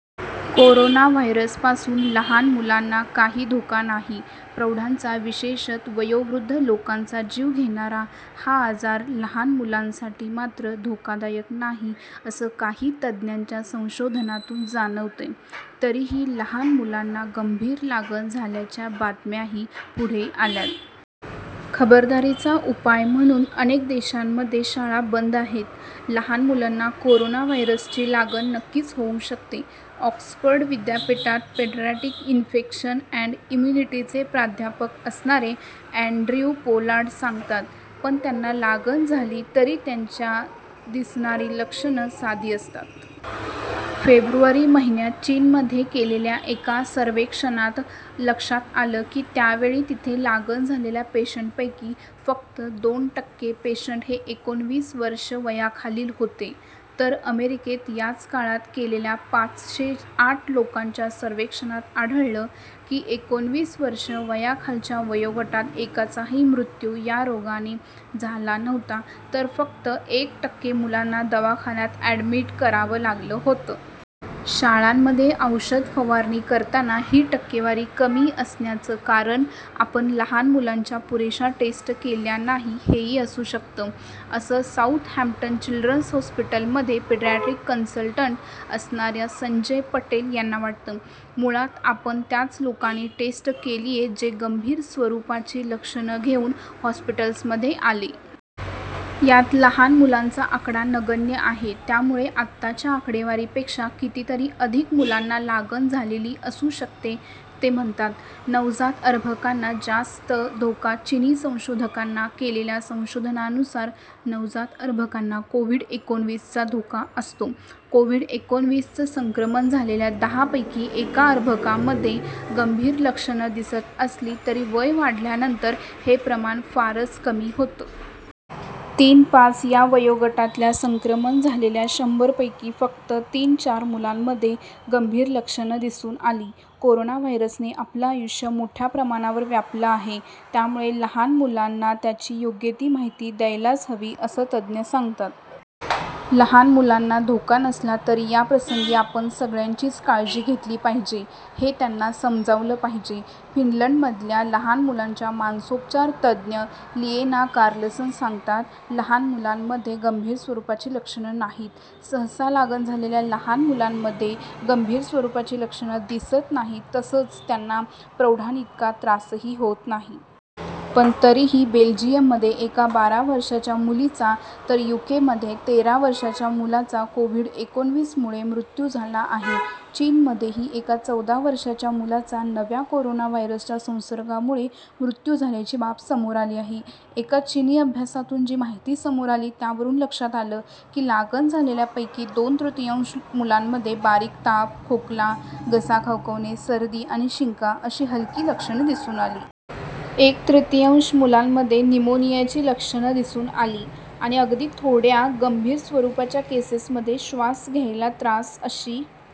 Corona व्हायरसपासून लहान मुलांना काही धोका नाही. प्रौढांचा विशेषत वयोवृद्ध लोकांचा जीव घेणारा हा आजार लहान मुलांसाठी मात्र धोकादायक नाही असं काही तज्ज्ञाच्या संशोधनातून जाणवतंय. तरीही लहान मुलांना गंभीर लागण झाल्याच्या बातम्याही पुढे आल्यात. खबरदारीचा उपाय म्हणून अनेक देशांमध्ये शाळा बंद आहेत. लहान मुलांना कोरोना व्हायरसची लागण नक्कीच होऊ शकते ऑक्सफर्ड विद्यापीठात पेडियाट्रीक इन्फेक्शन अँड इम्युनिटीचे प्राध्यापक असणारे अँड्रयू पॉलार्ड सांगतात. पण त्यांना लागण झाली तरी त्यांच्या दिसणारी लक्षण साधी असतात. फेब्रुवारी महिन्यात चीनमध्ये केलेल्या एका सर्वेक्षणात लक्षात आलं की त्यावेळी तिथे लागण झालेल्या पेशंटपैकी फक्त दोन टक्के पेशंट हे एकोणविस वर्ष वयाखालील होते. तर अमेरिकेत याच काळात केलेल्या पाचसे आठ लोकांच्या सर्वेक्षणात आढळलं की एकोणविस वर्ष वयाखालच्या वयोगटात एकाचाही मृत्यू या रोगाने झाला नव्हता तर फक्त एक टक्के मुलांना दवाखान्यात अॅडमिट करावं लागलं होतं. शाळांमध्ये औषध फवारणी करताना ही टक्केवारी कमी असण्याचं कारण आपण लहान मुलांच्या पुरेशा टेस्ट केल्या नाही हेही असू शकतं असं साऊथ हॅम्प्टन चिल्ड्रन्स हॉस्पिटलमध्ये पेडिआट्रीक कन्सलटंट असणाऱ्या संजय पटेल यांना वाटतं. "मुळात आपण त्याच लोकांनी टेस्ट केलीये जे गंभीर स्वरूपाची लक्षण घेऊन हॉस्पिटल्समध्ये आले. यात लहान मुलांचा आकडा नगण्य आहे. त्यामुळे आताच्या आकडेवारीपेक्षा कितीतरी अधिक मुलांना लागण झालेली असू शकते ते म्हणतात. नवजात अर्भकांना जास्त धोका चिनी संशोधकांना केलेल्या संशोधनानुसार नवजात अर्भकांना कोव्हिड-एकोणविस चा धोका असतो. कोव्हिड-एकोणविस चं संक्रमण झालेल्या दहा पैकी एका अर्भकामध्ये गंभीर लक्षणं दिसत असली तरी वय वाढल्यानंतर हे प्रमाण फारच कमी होतं. तीन -पाच या वयोगटातल्या संक्रमण झालेल्या शंभर पैकी फक्त तीन -चार मुलांमध्ये गंभीर लक्षणं दिसून आली. कोरोना व्हायरसने आपलं आयुष्य मोठ्या प्रमाणावर व्यापलं आहे, त्यामुळे लहान मुलांना त्याची योग्य ती माहिती द्यायलाच हवी असं तज्ज्ञ सांगतात. लहान मुलांना धोका नसला तरी या प्रसंगी आपण सगळ्यांचीच काळजी घेतली पाहिजे हे त्यांना समजावलं पाहिजे फिनलंडमधल्या लहान मुलांच्या मानसोपचार तज्ज्ञ लिएना कार्लसन सांगतात. लहान मुलांमध्ये गंभीर स्वरूपाची लक्षणं नाहीत? सहसा लागण झालेल्या लहान मुलांमध्ये गंभीर स्वरूपाची लक्षणं दिसत नाहीत तसंच त्यांना प्रौढांइतका त्रासही होत नाही. पण तरीही बेल्जियममध्ये एका बारा वर्षांच्या मुलीचा तर यूकेमध्ये तेरा वर्षांच्या मुलाचा कोव्हिड-एकोणविस मुळे मृत्यू झाला आहे. चीनमधेही एका चौदा वर्षांच्या मुलाचा नव्या कोरोना व्हायरसच्या संसर्गामुळे मृत्यू झाल्याची बाब समोर आली आहे. एका चिनी अभ्यासातून जी माहिती समोर आली त्यावरून लक्षात आलं की लागण झालेल्यांपैकी दोन तृतीयांश मुलांमध्ये बारीक ताप, खोकला, घसा खवखवणे, सर्दी आणि शिंका अशी हलकी लक्षणं दिसून आली. एक तृतीयांश मुलांमध्ये न्युमोनियाची लक्षणं दिसून आली आणि अगदी थोड्या गंभीर स्वरूपाच्या केसेसमध्ये श्वास घ्यायला त्रास अशी